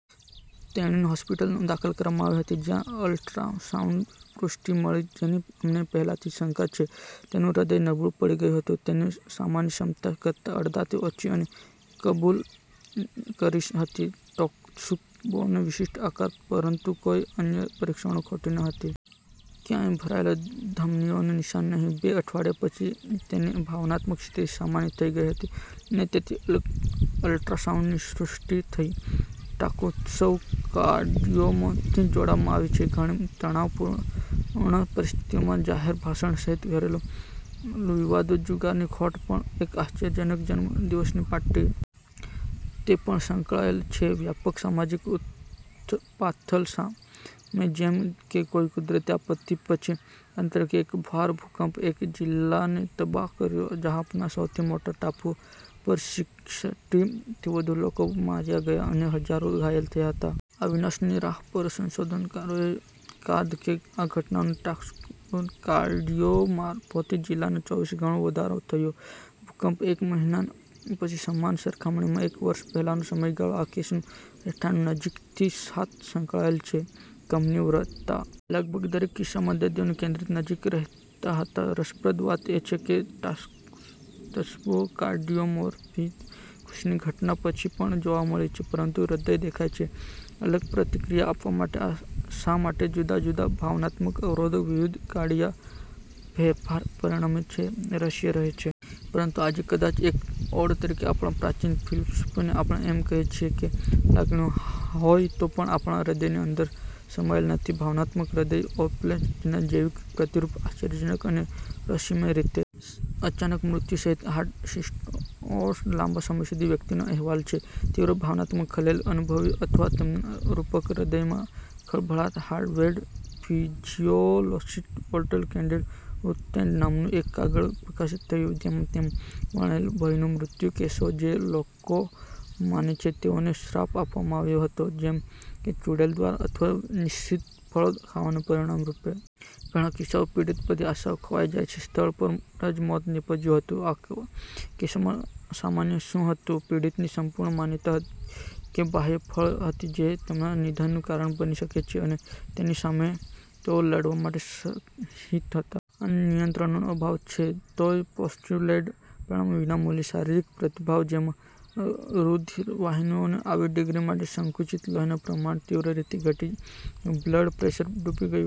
તેણીને હોસ્પિટલમાં દાખલ કરવામાં આવી હતી જ્યાં અલ્ટ્રાસાઉન્ડ પુષ્ટિ મળી જેની અમને પહેલાથી શંકા છે. તેનું હૃદય નબળું પડી ગયું હતું તેની સામાન્ય ક્ષમતા કરતાં અડધાથી ઓછી અને કબુલ કરીશ હતી ટાકોત્સુબોનો વિશિષ્ટ અકાર પરંતુ કોઈ અન્ય પરીક્ષણો ખોટી ન હતી. ક્યાંય ભરાયેલા ધમનીઓનું નિશાન નહીં. બે અઠવાડિયા પછી તેની ભાવનાત્મક સ્થિતિ સામાન્ય થઈ ગઈ હતી અને તેથી અલ્ટ્રાસાઉન્ડની પુષ્ટિ થઈ. ટાકોત્સુબો કાર્ડિયોમાયોપથી જોડવામાં આવી છે. ઘણી તણાવપૂર્ણ પરિસ્થિતિઓમાં જાહેર ભાષણ સહિત ઘરેલું વિવાદો, જુગારની ખોટ, પણ એક આશ્ચર્યજનક જન્મદિવસની પાર્ટી. તે પણ સંકળાયેલ છે વ્યાપક સામાજિક ઉથલપાથલ સાથે જેમ કે કોઈ કુદરતી આપત્તિ પછી. ઉદાહરણ તરીકે, એક ભારે ભુકંપે એક જિલ્લાને તબાહ કર્યો જાપાનના સૌથી મોટા ટાપુ પર સિક્સટી થી વધુ લોકો માર્યા ગયા અને હજારો ઘાયલ થયા હતા. આ વિનાશની રાહ પર સંશોધનકારોએ શોધી કાદ્યું કે આ ઘટનાઓ ટાકોત્સુબો કાર્ડિયોમાયોપથી જિલ્લામાં ચોવીસ ગણો વધારો થયો ભૂકંપના એક મહિના પછી સમાન સરખામણીમાં એક વર્ષ પહેલાનો સમયગાળો. આ કેસોના રહેઠાણો નજીકથી સાથે સંકળાયેલ છે કંપનની તીવ્રતા. લગભગ દરેક કિસ્સામાં દર્દીઓ કેન્દ્રની નજીક રહેતા હતા. રસપ્રદ વાત એ છે કે ટાકોત્સુબો કાર્ડિયોમિયોપેથી ખુશીની ઘટના પછી પણ જોવા મળી છે. પરંતુ હૃદય દેખાય છે અલગ પ્રતિક્રિયા આપવા માટે. શા માટે જુદા જુદા ભાવનાત્મક અવરોધ વિવિધ કાર્ડિયાક ફેરફારો પરિણમે છે રહસ્ય રહે છે. પરંતુ આજે, કદાચ એક ઓડ તરીકે આપણા પ્રાચીન ફિલસૂફોને આપણે એમ કહી શકીએ કે લાગણીઓ હોય તો પણ આપણા હૃદયની અંદર સમાયેલ નથી, ભાવનાત્મક હૃદય ઓવરલેપ્સ તેના જૈવિક પ્રતિરૂપ, આશ્ચર્યજનક અને રહસ્યમય રીતે. અચાનક મૃત્યુ સહિત હાર્ટ સિન્ડ્રોમ્સ લાંબા સમય સુધી વ્યક્તિઓમાં અહેવાલ છે. તીવ્ર ભાવનાત્મક ખલેલ અનુભવી અથવા તેમના રૂપક હૃદયમાં ખળભળાટ. હાર્વર્ડ ફિઝિયોલોજિસ્ટ વોલ્ટર કેનનને "વૂડુ ડેથ" નામનું એક કાગળ પ્રકાશિત કર્યું જેમાં તેમણે વર્ણવેલ ભયથી મૃત્યુનાં કેસો જે લોકો માને છે તેઓને શ્રાપ આપવામાં આવ્યો હતો જેમ કે ચૂડેલ દ્વારા અથવા નિષિદ્ધ ફળ ખાવાના પરિણામ રૂપે. ઘણા કિસ્સાઓમાં પીડિત, બધી આશા ખોવાઈ જાય છે. સ્થળ પર જ મોત નીપજ્યું હતું. આ કેસોમાં સામાન્ય શું હતું? પીડિતની સંપૂર્ણ માન્યતા હતી કે બાહ્ય બળ હતી જે તેમના નિધનનું કારણ બની શકે છે અને જેની સામે તેઓ લડવા માટે શક્તિહિન હતા. આ નિયંત્રણનો અભાવ છે તોપ પોસ્ટ્યુલેટેડ, પરિણામ વિના મૂલ્યે શારીરિક પ્રતિભાવ જેમાં રુધિરવાહિનીઓ આવી ડિગ્રી માટે સંકુચિત લોહીનું પ્રમાણ તીવ્ર રીતે ઘટી ગયું, બ્લડ પ્રેશર ડૂબી ગયો.